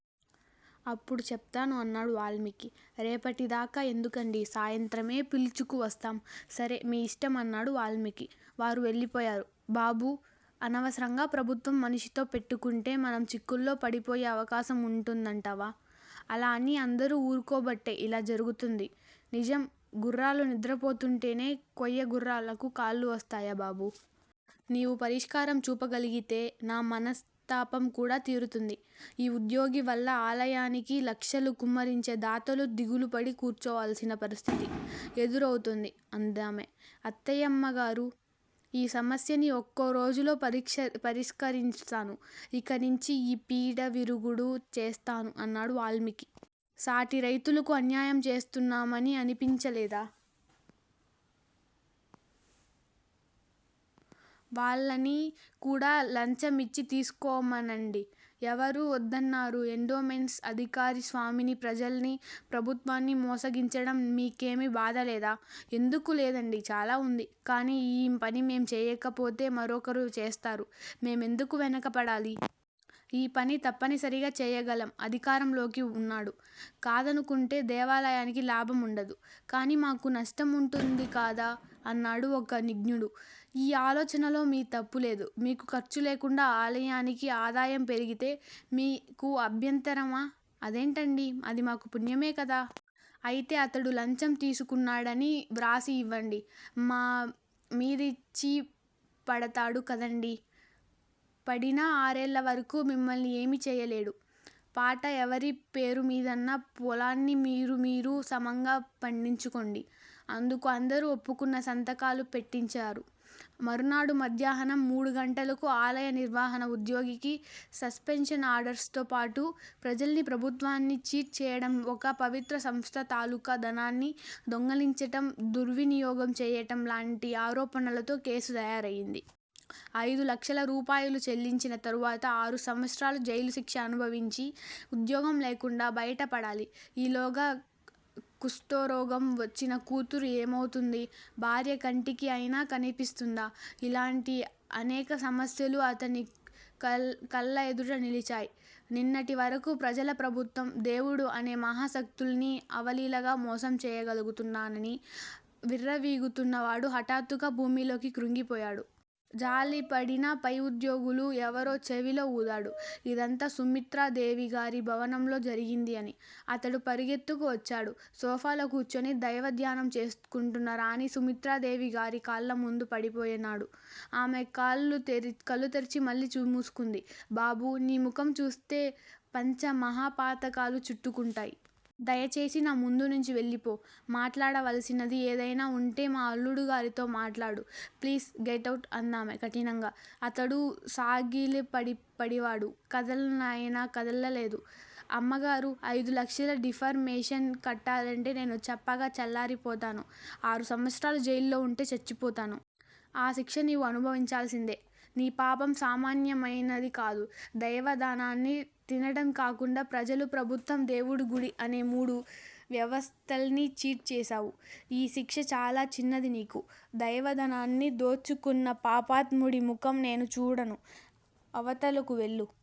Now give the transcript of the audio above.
అప్పుడు చెప్తాను అన్నాడు వాల్మీకి! రేపటిదాకా ఎందుకండి. సాయంత్రమే పిలుచుకు వస్తాం సరే మీ యిష్టం అన్నాడు వాల్మీకి. వారు వెళ్ళిపోయారు. బాబూ! అనవసరంగా ప్రభుత్వం మనిషితో పెట్టుకుంటే మనం చిక్కుల్లో పడిపోయే అవకాశం ఉంటుందంటావా? అలా అని అందరూ ఊరుకోబట్టే ఇలా జరుగుతోంది. నిజం గుర్రాలు నిద్రపోతుంటేనే కొయ్య గుర్రాలకు కాళ్ళు వస్తాయి బాబూ! నీవు పరిష్కారం చూపగలిగితే నా మనస్తాపం కూడా తీరుతుంది. ఈ ఉద్యోగి వల్ల ఆలయానికి లక్షలు కుమ్మరించే దాతలు దిగులుపడి కూర్చోవలసిన పరిస్థితి ఎదురు అవుతోంది అందామె. అత్తాయమ్మగారూ! ఈ సమస్యని ఒక్క రోజులో పరిష్కా పరిష్కరిస్తాను. ఇకనించి ఈ పీడ విరగడ చేస్తాను అన్నాడు వాల్మీకి. సాటి రైతులకు అన్యాయం చేస్తున్నామని అనిపించలేదా? వాళ్ళని కూడా లంచమిచ్చి తీసుకోమనండి. ఎవరు వద్దన్నారు ఎండోమెంట్స్ అధికారి స్వామిని ప్రజల్ని ప్రభుత్వాన్ని మోసగించడం మీకేమీ బాధలేదా? ఎందుకు లేదండి చాలా ఉంది. కాని ఈ పని మేం చేయకపోతే మరొకరు చేస్తారు. మేమెందుకు వెనక పడాలి! ఈ పని తప్పనిసరిగా చేయగల అధికారంలో ఉన్నాడు. కాదనుకుంటే దేవాలయానికి లాభం ఉండదు. కాని మాకు నష్టం ఉంటుంది కదా అన్నాడు ఒక విజ్ఞుడు. ఈ ఆలోచనలో మీ తప్పులేదు. మీకు ఖర్చు లేకుండా ఆలయానికి ఆదాయం పెరిగితే మీకు అభ్యంతరమా. అదేంటండీ! అది మాకూ పుణ్యమే కదా! అయితే అతడు లంచం తీసుకున్నాడని వ్రాసి యివ్వండి!? మా మీదవచ్చి పడతాడు కదండి? పడినా ఆరేళ్ళ వరకూ మిమ్మల్ని ఏమీ చేయలేడు. పాట ఎవరి పేరుమీదున్న పొలాన్ని మీరూ మీరూ సమంగా పండించుకోండి! అందుకు అందరూ ఒప్పుకున్నా సంతకాలు పెట్టించారు. మరునాడు మధ్యాహ్నం మూడు గంటలకు ఆలయ నిర్వహణ ఉద్యోగికి సస్పెన్షన్ ఆర్డర్స్ తో పాటు ప్రజల్ని ప్రభుత్వాన్ని చీట్ చేయటం ఒక పవిత్ర సంస్థ తాలూకు ధనాన్ని దొంగిలించటం దుర్వినియోగం చేయటంలాంటి ఆరోపణలతో కేసు తయారయింది. అయిదు లక్షల రూపాయలు చెల్లించిన తరువాత ఆరు సంవత్సరాలు జైలు శిక్ష అనుభవించి ఉద్యోగం లేకుండా బయటపడాలి. ఈలోగా కుష్టురోగం వచ్చిన కూతురు ఏమవుతుంది? భార్య కంటికి అయినా కన్పిస్తుందా? ఇలాంటి అనేక సమస్యలు అతని కళ్ళ కళ్ళ ఎదుట నిలిచాయి. నిన్నటి వరకూ ప్రజల ప్రభుత్వం దేవుడు అనే మహాశక్తుల్ని అవలీలగా మోసం చేయగలుగుతున్నానని విర్రవీగుతున్నవాడు హఠాత్తుగా భూమిలోకి కృంగిపోయాడు. జాలిపడిన పై ఉద్యోగులు ఎవరో చెవిలో ఊదారు. ఇదంతా సుమిత్రాదేవిగారి భవనంలో జరిగింది అని! అతడు పరుగెత్తుకు వచ్చాడు. సోఫాలో కూర్చుని దైవధ్యానం చేసుకుంటున్న రాణి సుమిత్రదేవి గారి కాళ్ళ ముందు పడిపోయినాడు. ఆమె కళ్ళు కళ్ళు తెరిచి మళ్ళీ మూసుకుంది. బాబూ! నీ ముఖం చూస్తే పంచమహాపాతకాలు చుట్టుకుంటాయి. దయచేసి నా ముందునించి వెళ్ళిపో! మాటాడవలసినది ఏదయినా ఉంటే మా అల్లుడు గారితో మాటాడు! Please get out! అందామె కఠినంగా. అతడు సాగిలపడినవాడు కదలనయినా కదలలేదు. అమ్మగారూ! అయిదు లక్షలు డిఫర్ మేషన్ కట్టాలంటే నేను చప్పగా చల్లారిపోతాను. ఆరు సంవత్సరాలు జైల్లో వుంటే చచ్చిపోతాను. ఆ శిక్ష నీవు అనుభవించాల్సిందే! నీ పాపం సామాన్యమయినది కాదు. దైవ ధనాన్ని తినటం కాకుండా ప్రజలు ప్రభుత్వం దేవుడు గుడి అనే మూడు వ్యవస్థల్ని ఛీట్ చేశావు, ఈ శిక్ష చాలా చిన్నది నీకు. దైవధనాన్ని దోచుకున్న పాపాత్ముడి ముఖం నేను చూడను. అవతలకు వెళ్ళు